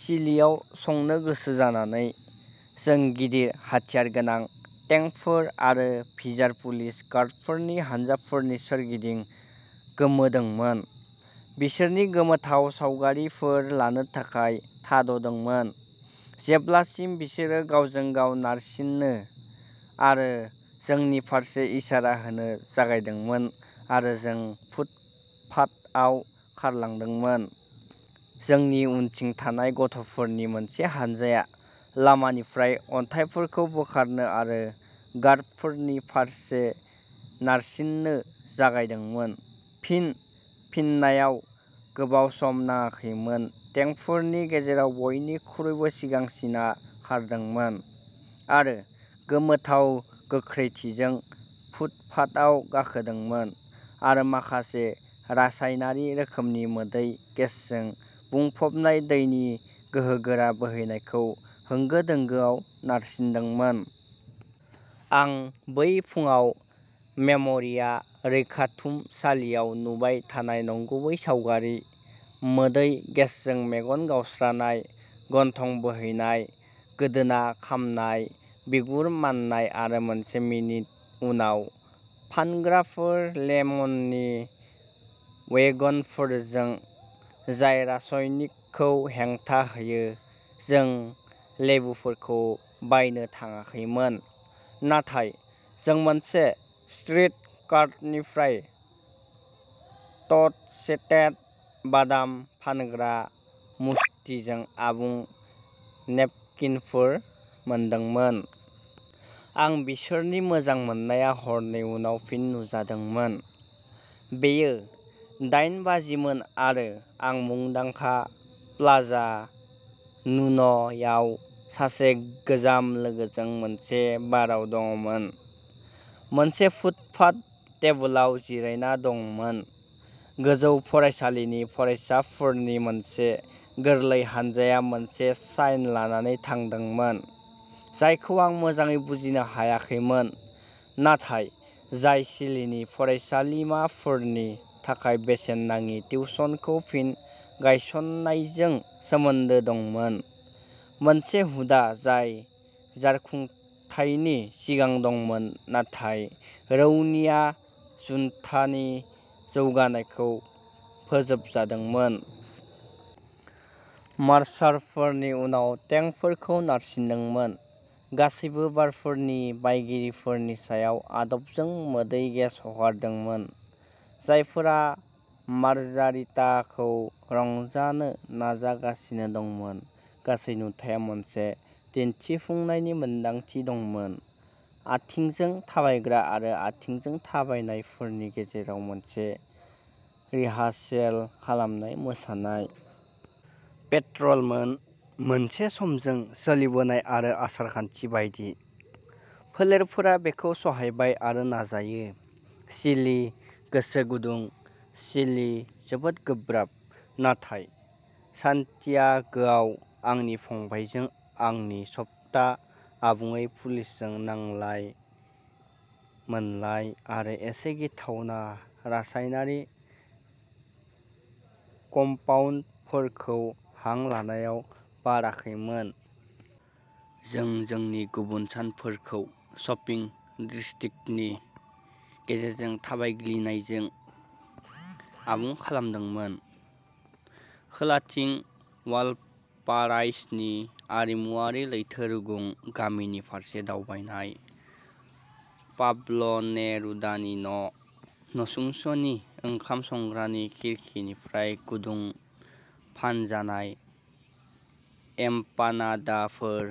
चिलीआव संनो गोसो जानानै, जों गिदिर हाथियारगोनां टेंकफोर आरो भिजार पुलिस गार्डफोरनि हानजाफोरनि सोरगिदिं गोमोदोंमोन, बिसोरनि गोमोथाव सावगारिफोर लानो थाखाय थाद'दोंमोन जेब्लासिम बिसोरो गावजों-गाव नारसिन्नो आरो जोंनि फारसे इसारा होनो जागायदोंमोन आरो जों फुटपाथआव खारलांदोंमोन। जोंनि उनथिं थानाय गथ'फोरनि मोनसे हानजाया लामानिफ्राय अन्थाइफोरखौ बोखारनो आरो गार्डफोरनि फारसे नारसिन्नो जागायदोंमोन। फिन फिननायाव गोबाव सम नाङाखैमोन टेंकफोरनि गेजेराव बयनिख्रुइबो सिगांसिनआ खारदोंमोन, आरो गोमोथाव गोख्रैथिजों फुटपाथआव गाखोदोंमोन आरो माखासे रासायनारि रोखोमनि मोदै गेसजों बुंफबनाय दैनि गोहोगोरा बोहैनायखौ होंगो-दोंगोआव नारसिन्दोंमोन। आं बै फुंआव मेम'रिया रैखाथुमसालियाव नुबाय थानाय नंगुबै सावगारि। मोदै गेसजों मेगन गावस्रानाय, गन्थं बोहैनाय, गोदोना खामनाय, बिगुर माननाय आरो मोनसे मिनिट उनाव, फानग्राफोर लेमननि वैगनफोरजों, जाय रासयनिकखौ हेंथा होयो। जों लेबुफोरखौ बायनो थांङाखैमोन, नाथाय जों मोनसे स्ट्रीट कार्टनिफ्राय टस्टेड बादाम फानग्रा मुष्टिजों आबुं नेपकिनफोर मोनदोंमोन! आं बिसोरनि मोजां मोननाया हरनै उनाव फिन नुजादोंमोन। बेयो दाइन बाजिमोन आरो आं मुंदांखा प्लाजा नुन'याव सासे गोजाम लोगोजों मोनसे बारआव दंमोन, मोनसे फुटपाथ टेबोलाव जिरायना दंमोन। गोजौ फरायसालिनि फरायसाफोरनि मोनसे गोरलै हानजाया मोनसे साइन लानानै थांदोंमोन जायखौ आं मोजाङै बुजिनो हायाखैमोन, नाथाय जाय चिलीनि फरायसालिमाफोरनि थाखाय बेसेन नाङि टिउशनखौ फिन गायसननायजों सोमोन्दो दंमोन, मोनसे हुदा जाय जारखुंथायनि सिगां दंमोन नाथाय रौनिया जुन्टानि जौगानायखौ फोजोबजादोंमोन। मार्चारफोरनि उनाव टेंकफोरखौ नारसिंदोंमोन, गासैबो बारफोरनि बायगिरिफोरनि सायाव आदबजों मोदै गेस हगारदोंमोन, जायफोरा मार्जारिताखौ रंजानो नाजागासिनो दंमोन। गासै नुथाया मोनसे दिन्थिफुंनायनि मोनदांथि दंमोन आथिंजों थाबायग्रा आरो आथिंजों थाबायनायफोरनि गेजेराव मोनसे रिहार्सेल खालामनाय मोसानाय। पेट्रलमोन, मोनसे समजों सोलिबोनाय आरो आसार-खान्थि बायदि। फोलेरफोरा बेखौ सहायबाय आरो नाजायो। चिलि, गोसो गुदुं, चिलि, जोबोद गोब्राब। नाथाय, सान्टियागोआव आंनि फंबायजों आंनि सप्ता आबुङै पुलिसजों नांलाय-मोनलाय आरो एसे गिथावना रासायनारि कम्पाउन्डफोरखौ हां लानायाव बाराखैमोन। जों जोंनि गुबुन सानफोरखौ शपिं डिस्ट्रिक्टनि गेजेरजों थाबायग्लिनायजों आबुं खालामदोंमोन, खोलाथिं वालपाराइस'नि आरिमुआरि लैथो रुगुं गामिनि फारसे दावबायनाय, पाब्ल'नेरुदानि न', नसुंसेनि ओंखाम संग्रानि खिरखिनिफ्राय गुदुं फानजानाय एम्पानाडाफोर,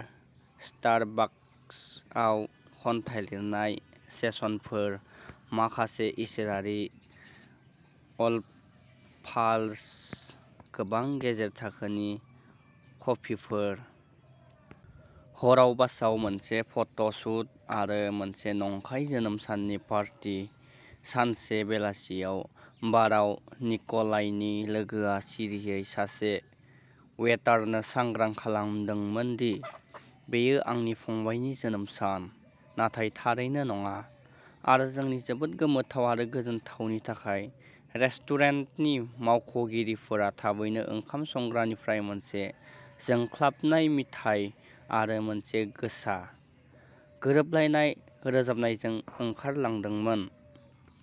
स्टारबाकसआव खन्थाइ लिरनाय सेसनफोर। माखासे इसोरारि अल्फाज'र्स, गोबां गेजेर थाखोनि कफिफोर। हराव बासआव मोनसे फटसुट आरो मोनसे नंखाय जोनोम साननि पार्टी सानसे बेलासियाव बारआव निक'लाइनि लोगोआ सिरियै सासे वेटारनो सांग्रां खालामदोंमोन दि बेयो आंनि फंबायनि जोनोम सान, नाथाय थारैनो नङा, आरो जोंनि जोबोद गोमोथाव आरो गोजोनथावनि थाखाय रेस्टुरेन्टनि मावख'गिरिफोरा थाबैनो ओंखाम संग्रानिफ्राय मोनसे जोंख्लाबनाय मिथाइ आरो मोनसे गोसा, गोरोबलायनाय रोजाबनायजों ओंखारलांदोंमोन।